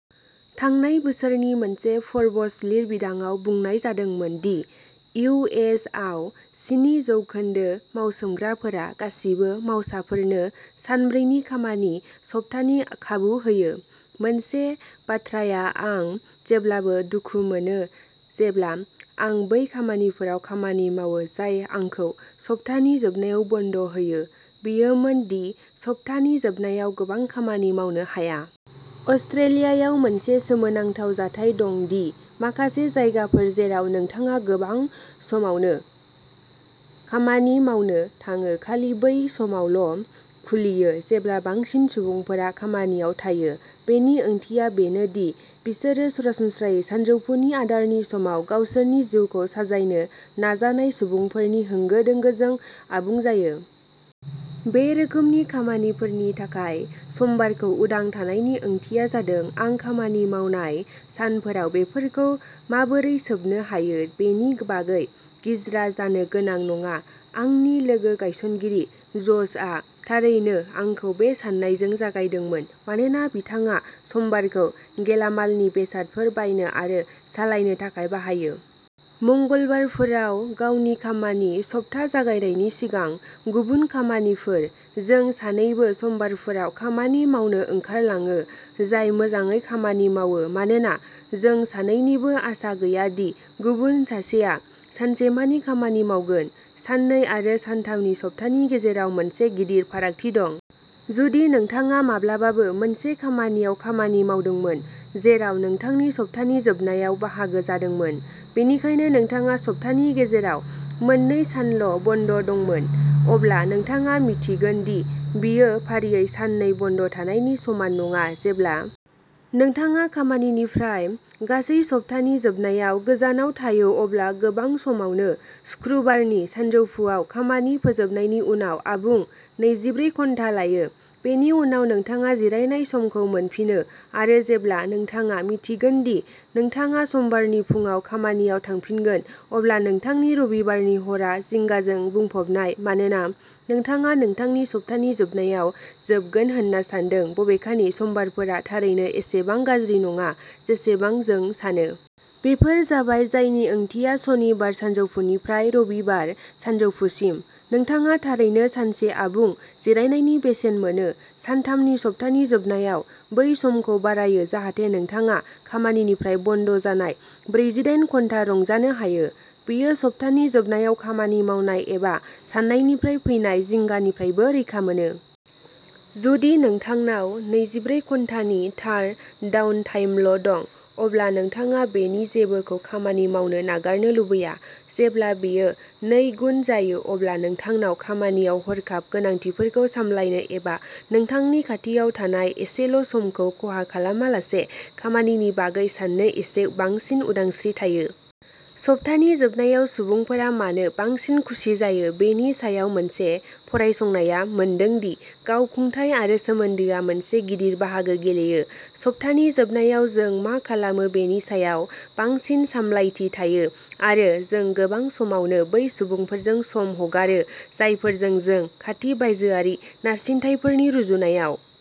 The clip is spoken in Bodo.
थांनाय बोसोरनि मोनसे फ'र्ब्स लिरबिदांआव बुंनाय जादोंमोन दि इउ एस आव स्नि जौखोन्दो मावसोमग्राफोरा गासिबो मावसाफोरनो सानब्रैनि खामानि सप्तानि खाबु होयो। मोनसे बाथ्राया आं जेब्लाबो दुखु मोनो जेब्ला आं बै खामानिफोराव खामानि मावो जाय आंखौ सप्तानि जोबनायाव बन्द होयो, बेयोमोन दि सप्तानि जोबनायाव गोबां खामानि मावनो हाया। अस्ट्रेलियायाव मोनसे सोमोनांथाव जाथाय दं दि माखासे जायगाफोर जेराव नोंथाङा गोबां समावनो खामानि मावनो थाङो खालि बै समावल' खुलियो जेब्ला बांसिन सुबुंफोरा खामानियाव थायो। बेनि ओंथिया बेनो दि बिसोरो सरासनस्रायै सानजौफुनि आदारनि समाव गावसोरनि जिउखौ साजायनो नाजानाय सुबुंफोरनि होंगो दोंगोजों आबुं जायो। बे रोखोमनि खामानिफोरनि थाखाय समबारखौ उदां थानायनि ओंथिया जादों आं खामानि मावनाय सानफोराव बेफोरखौ माबोरै सोबनो हायो बेनि बागै गिज्रा जानो गोनां नङा। आंनि लोगो गायसनगिरि ज'शआ थारैनो आंखौ बे साननायजों जागायदोंमोन, मानोना बिथाङा समबारखौ गेलामालनि बेसादफोर बायनो आरो सालायनो थाखाय बाहायो। मंगलबारफोराव गावनि खामानि सप्ता जागायनायनि सिगां गुबुन खामानिफोर। जों सानैबो समबारफोराव खामानि मावनो ओंखारलाङो, जाय मोजाङै खामानि मावो मानोना जों सानैनिबो आसा गैया दि गुबुन सासेया सानसेमानि खामानि मावगोन। साननै आरो सानथामनि सप्तानि गेजेराव मोनसे गिदिर फारागथि दं। जुदि नोंथाङा माब्लाबाबो मोनसे खामानियाव खामानि मावदोंमोन जेराव नोंथांनि सप्तानि जोबनायाव बाहागो जादोंमोन, बेनिखायनो नोंथाङा सप्तानि गेजेराव मोननै सानल' बन्द' दंमोन, अब्ला नोंथाङा मिन्थिगोन दि बेयो फारियै साननै बन्द' थानायनि समान नङा। जेब्ला नोंथाङा खामानिनिफ्राय गासै सप्तानि जोबनायाव गोजानाव थायो अब्ला गोबां समावनो सुक्रुबारनि सानजौफुआव खामानि फोजोबनायनि उनाव आबुं नैजिब्रै घन्टा लायो, बेनि उनाव नोंथाङा जिरायनाय समखौ मोनफिनो आरो जेब्ला नोंथाङा मिन्थिगोन दि नोंथाङा समबारनि फुंआव खामानियाव थांफिनगोन, अब्ला नोंथांनि रबिबारनि हरआ जिंगाजों बुंफबनाय मानोना नोंथाङा नोंथांनि सप्तानि जोबनायाव जोबगोन होनना सान्दों बबेखानि समबारफोरा थारैनो एसेबां गाज्रि नङा जेसेबां जों सानो। बेफोर जाबाय जायनि ओंथिया सनिबार सानजौफुनिफ्राय रबिबार सानजौफुसिम, नोंथाङा थारैनो सानसे आबुं जिरायनायनि बेसेन मोनो। सानथामनि सप्तानि जोबनायाव बै समखौ बारायो जाहाथे नोंथाङा खामानिनिफ्राय बन्द जानाय ब्रैजिडाइन घन्टा रंजानो हायो। बेयो सप्तानि जोबनायाव खामानि मावनाय एबा साननायनिफ्राय फैनाय जिंगानिफ्रायबो रैखा मोनो। जुदि नोंथांनाव नैजिब्रै घन्टानि थार डाउनटाइमल' दं, अब्ला नोंथाङा बेनि जेबोखौ खामानि मावनो नागारनो लुबैया। जेब्ला बेयो नैगुन जायो अब्ला नोंथांनाव खामानियाव हरखाब गोनांथिफोरखौ सामलायनो एबा नोंथांनि खाथियाव थानाय एसेल' समखौ खहा खालामालासे खामानिनि बागै साननो एसे बांसिन उदांस्रि थायो। सप्तानि जोबनायाव सुबुंफोरा मानो बांसिन खुसि जायो बेनि सायाव मोनसे फरायसंनाया मोनदों दि गावखुंथाय आरो सोमोन्दोआ मोनसे गिदिर बाहागो गेलेयो। सप्तानि जोबनायाव जों मा खालामो बेनि सायाव बांसिन सामलायथि थायो आरो जों गोबां समावनो बै सुबुंफोरजों सम हगारो जायफोरजों जों खाथि बायजोआरि नारसिनथायफोरनि रुजुनायाव।